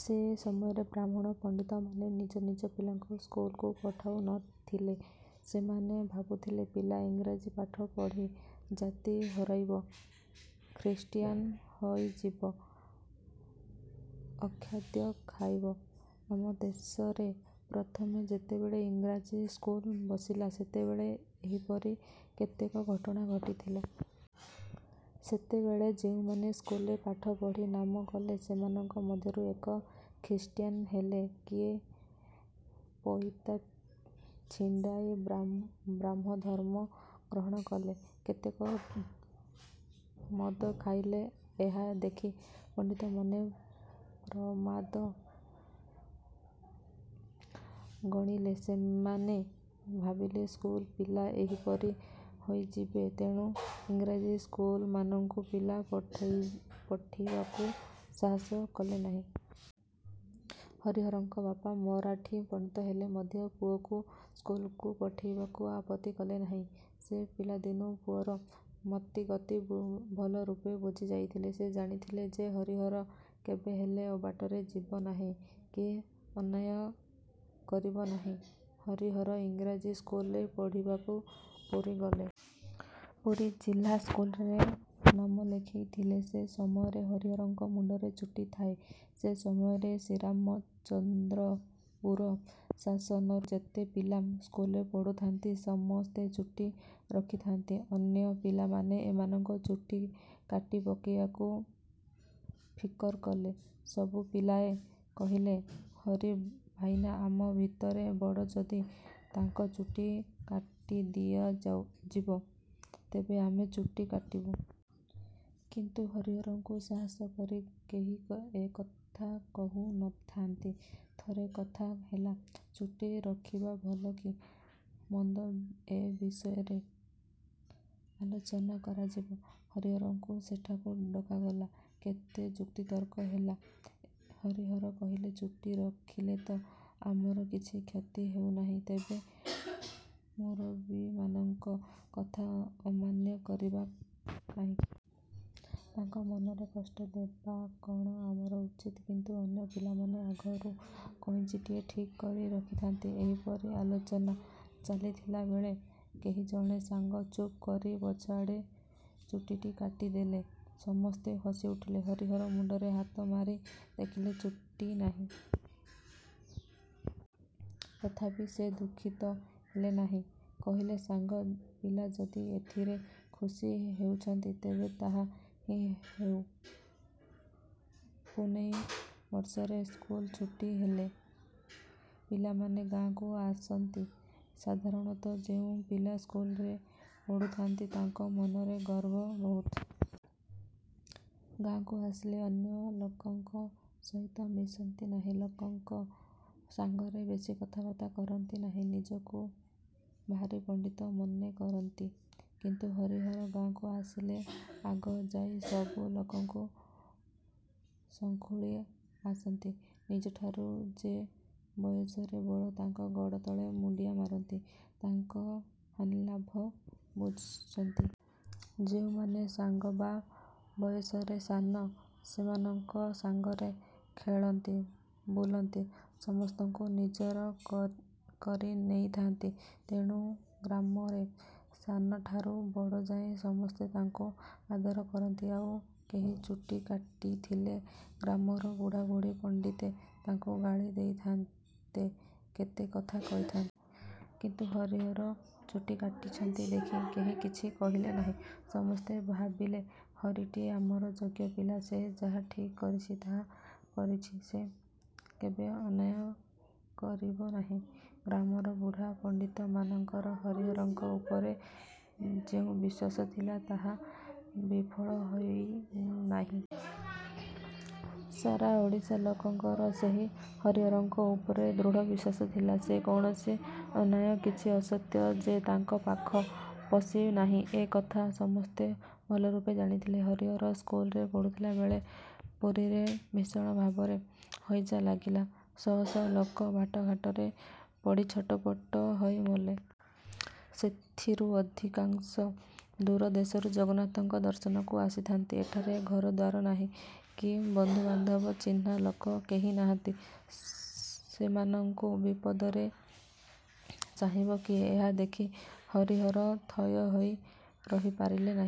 ସେ ସମୟରେ ବ୍ରାହ୍ମଣ ପଣ୍ଡିତମାନେ ନିଜ ନିଜ ପିଲାଙ୍କୁ ସ୍କୁଲକୁ ପଠାଉ ନ ଥିଲେ। ସେମାନେ ଭାବୁଥିଲେ ପିଲା ଇଂରାଜୀ ପାଠ ପଢ଼ି ଜାତି ହରାଇବ ଖ୍ରୀଷ୍ଟିୟାନ ହୋଇଯିବ ଅଖାଦ୍ୟ ଖାଇବ। ଆମ ଦେଶରେ ପ୍ରଥମେ ଯେତେବେଳେ ଇଂରାଜୀ ସ୍କୁଲ ବସିଲା ସେତେବେଳେ ଏହିପରି କେତେକ ଘଟଣା ଘଟିଥିଲା। ସେତେବେଳେ ଯେଉଁମାନେ ସ୍କୁଲରେ ପାଠ ପଢ଼ି ନାମ କଲେ ସେମାନଙ୍କ ମଧ୍ୟରୁ କିଏ ଖ୍ରୀଷ୍ଟିୟାନ ହେଲେ କିଏ ପଇତା ଛିଣ୍ଡାଇ ବ୍ରାହ୍ମଧର୍ମ ଗ୍ରହଣ କଲେ କେତେକ ମଦ ଖାଇଲେ। ଏହା ଦେଖି ପଣ୍ଡିତମାନେ ପ୍ରମାଦ ଗଣିଲେ। ସେମାନେ ଭାବିଲେ ସ୍କୁଲ ପିଲା ଏହିପରି ହୋଇଯିବେ। ତେଣୁ ଇଂରାଜୀ ସ୍କୁଲମାନଙ୍କୁ ପିଲା ପଠେଇ ପଠାଇବାକୁ ସାହସ କଲେ ନାହିଁ। ହରିହରଙ୍କ ବାପା ମରାଠୀ ପଣ୍ଡିତ ହେଲେ ମଧ୍ୟ ପୁଅକୁ ସ୍କୁଲକୁ ପଠାଇବାକୁ ଆପତ୍ତି କଲେ ନାହିଁ। ସେ ପିଲାଦିନୁ ପୁଅର ମତିଗତି ଭଲରୂପେ ବୁଝିଯାଇଥିଲେ। ସେ ଜାଣିଥିଲେ ଯେ ହରିହର କେବେହେଲେ ଅବାଟରେ ଯିବ ନାହିଁ କି ଅନ୍ୟାୟ କରିବ ନାହିଁ। ହରିହର ଇଂରାଜୀ ସ୍କୁଲରେ ପଢ଼ିବାକୁ ପୁରୀ ଗଲେ। ପୁରୀ ଜିଲ୍ଲା ସ୍କୁଲରେ ନାମ ଲେଖାଇଲେ। ସେ ସମୟରେ ହରିହରଙ୍କ ମୁଣ୍ଡରେ ଚୁଟି ଥାଏ। ସେ ସମୟରେ ଶ୍ରୀରାମଚନ୍ଦ୍ରପୁର ଶାସନରୁ ଯେତେ ପିଲା ସ୍କୁଲରେ ପଢ଼ୁଥାନ୍ତି ସମସ୍ତେ ଚୁଟି ରଖିଥାଆନ୍ତି। ଅନ୍ୟ ପିଲାମାନେ ଏମାନଙ୍କ ଚୁଟି କାଟି ପକାଇବାକୁ ଫିକର କଲେ। ସବୁ ପିଲାଏ କହିଲେ ହରି ଭାଇନା ଆମ ଭିତରେ ବଡ଼ ଯଦି ତାଙ୍କ ଚୁଟି କାଟି ଦିଆଯିବ ତେବେ ଆମେ ଚୁଟି କାଟିବୁ। କିନ୍ତୁ ହରିହରଙ୍କୁ ସାହସ କରି କେହି ଏ କଥା କହୁ ନ ଥାନ୍ତି। ଥରେ କଥା ହେଲା ଚୁଟି ରଖିବା ଭଲ କି ମନ୍ଦ ଏ ବିଷୟରେ ଆଲୋଚନା କରାଯିବ। ହରିହରଙ୍କୁ ସେଠାକୁ ଡକାଗଲା। କେତେ ଯୁକ୍ତିତର୍କ ହେଲା। ହରିହର କହିଲେ ଚୁଟି ରଖିଲେ ତ ଆମର କିଛି କ୍ଷତି ହେଉ ନାହିଁ ତେବେ ମୁରବିମାନଙ୍କ କଥା ଅମାନ୍ୟ କରିବା କାହିଁକି? ତାଙ୍କ ମନରେ କଷ୍ଟ ଦେବା କ’ଣ ଆମର ଉଚିତ୍? କିନ୍ତୁ ଅନ୍ୟ ପିଲାମାନେ ଆଗରୁ କଇଞ୍ଚିଟିଏ ଠିକ୍ କରି ରଖିଥାଆନ୍ତି। ଏହିପରି ଆଲୋଚନା ଚାଲିଥିବାବେଳେ କେହି ଜଣେ ସାଙ୍ଗ ଚୁପ୍ କରି ପଛଆଡ଼େ ଚୁଟିଟି କାଟିଦେଲେ। ସମସ୍ତେ ହସିଉଠିଲେ। ହରିହର ମୁଣ୍ଡରେ ହାତମାରି ଦେଖିଲେ ଚୁଟି ନାହିଁ। ତଥାପି ସେ ଦୁଃଖିତ ହେଲେ ନାହିଁ। କହିଲେ ସାଙ୍ଗ ପିଲା ଯଦି ଏଥିରେ ଖୁସି ହେଉଛନ୍ତି ତେବେ ତାହା ହିଁ ହେଉ। ପୁନେଇ ବର୍ଷ ରେ ସ୍କୁଲ ଛୁଟି ହେଲେ ପିଲାମାନେ ଗାଁକୁ ଆସନ୍ତି। ସାଧାରଣତଃ ଯେଉଁ ପିଲା ସ୍କୁଲରେ ପଢ଼ୁଥାଆନ୍ତି ତାଙ୍କ ମନରେ ଗର୍ବ ବହୁତ। ଗାଁକୁ ଆସିଲେ ଅନ୍ୟ ଲୋକଙ୍କ ସହିତ ମିଶନ୍ତି ନାହିଁ। ଲୋକଙ୍କ ସାଙ୍ଗରେ ବେଶୀ କଥାବାର୍ତ୍ତା କରନ୍ତି ନାହିଁ। ନିଜକୁ ଭାରି ପଣ୍ଡିତ ମନେକରନ୍ତି। କିନ୍ତୁ ହରିହର ଗାଁକୁ ଆସିଲେ ଆଗ ଯାଇ ସବୁ ଲୋକଙ୍କୁ ସଙ୍ଖୁଳି ଆସନ୍ତି। ନିଜଠାରୁ ଯେ ବୟସରେ ବଡ଼ ତାଙ୍କ ଗୋଡ଼ତଳେ ମୁଣ୍ଡିଆ ମାରନ୍ତି ତାଙ୍କ ହାନିଲାଭ ବୁଝୁଛନ୍ତି। ଯେଉଁମାନେ ସାଙ୍ଗ ବା ବୟସରେ ସାନ ସେମାନଙ୍କ ସାଙ୍ଗରେ ଖେଳନ୍ତି ବୁଲନ୍ତି। ସମସ୍ତଙ୍କୁ ନିଜର କରିନେଇଥାନ୍ତି। ତେଣୁ ଗ୍ରାମରେ ସାନଠାରୁ ବଡ ଯାଏ ସମସ୍ତେ ତାଙ୍କୁ ଆଦର କରନ୍ତି। ଆଉ କେହି ଚୁଟି କାଟିଥିଲେ ଗ୍ରାମର ବୁଢ଼ା ବୁଢ଼ା ପଣ୍ଡିତେ ତାକୁ ଗାଳି ଦେଇଥାନ୍ତେ କେତେ କଥା କହିଥାନ୍ତେ। କିନ୍ତୁ ହରିହର ଚୁଟି କାଟିଛନ୍ତି ଦେଖି କେହି କିଛି କହିଲେ ନାହିଁ। ସମସ୍ତେ ଭାବିଲେ ହରିଟି ଆମର ଯୋଗ୍ୟ ପିଲା। ସେ ଯାହା ଠିକ୍ ଭାବିଛି ତା କରିଛି। ସେ କେବେ ଅନ୍ୟାୟ କରିବ ନାହିଁ। ଗ୍ରାମର ବୁଢ଼ା ପଣ୍ଡିତମାନଙ୍କର ହରିହରଙ୍କ ଉପରେ ଯେଉଁ ବିଶ୍ୱାସ ଥିଲା ତାହା ବିଫଳ ହୋଇନାହିଁ। ସାରା ଓଡ଼ିଶା ଲୋକଙ୍କର ସେହି ହରିହରଙ୍କ ଉପରେ ଦୃଢ଼ ବିଶ୍ୱାସ ଥିଲା। କୌଣସି ଅନ୍ୟାୟ କିଛି ଅସତ୍ୟ ଯେ ତାଙ୍କ ପାଖ ପଶି ନାହିଁ ଏ କଥା ସମସ୍ତେ ଭଲରୂପେ ଜାଣିଥିଲେ। ହରିହର ସ୍କୁଲରେ ପଢ଼ୁଥିଲାବେଳେ ପୁରୀରେ ଭୀଷଣ ଭାବରେ ହଇଜା ଲାଗିଲା। ଶହ ଶହ ଲୋକ ବାଟଘାଟରେ ପଡ଼ି ଛଟପଟ ହୋଇ ମଲେ। ସେଥିରୁ ଅଧିକାଂଶ ଦୂର ଦେଶରୁ ଜଗନ୍ନାଥଙ୍କ ଦର୍ଶନକୁ ଆସିଥାଆନ୍ତି। ଏଠାରେ ଘରଦ୍ୱାର ନାହିଁ କି ବନ୍ଧୁବାନ୍ଧବ ଚିହ୍ନା ଲୋକ କେହି ନାହାନ୍ତି। ସେମାନଙ୍କୁ ବିପଦରେ ଚାହିଁବ କିଏ? ଏହା ଦେଖି ହରିହର ଥୟ ହୋଇ ରହିପାରିଲେ ନାହିଁ।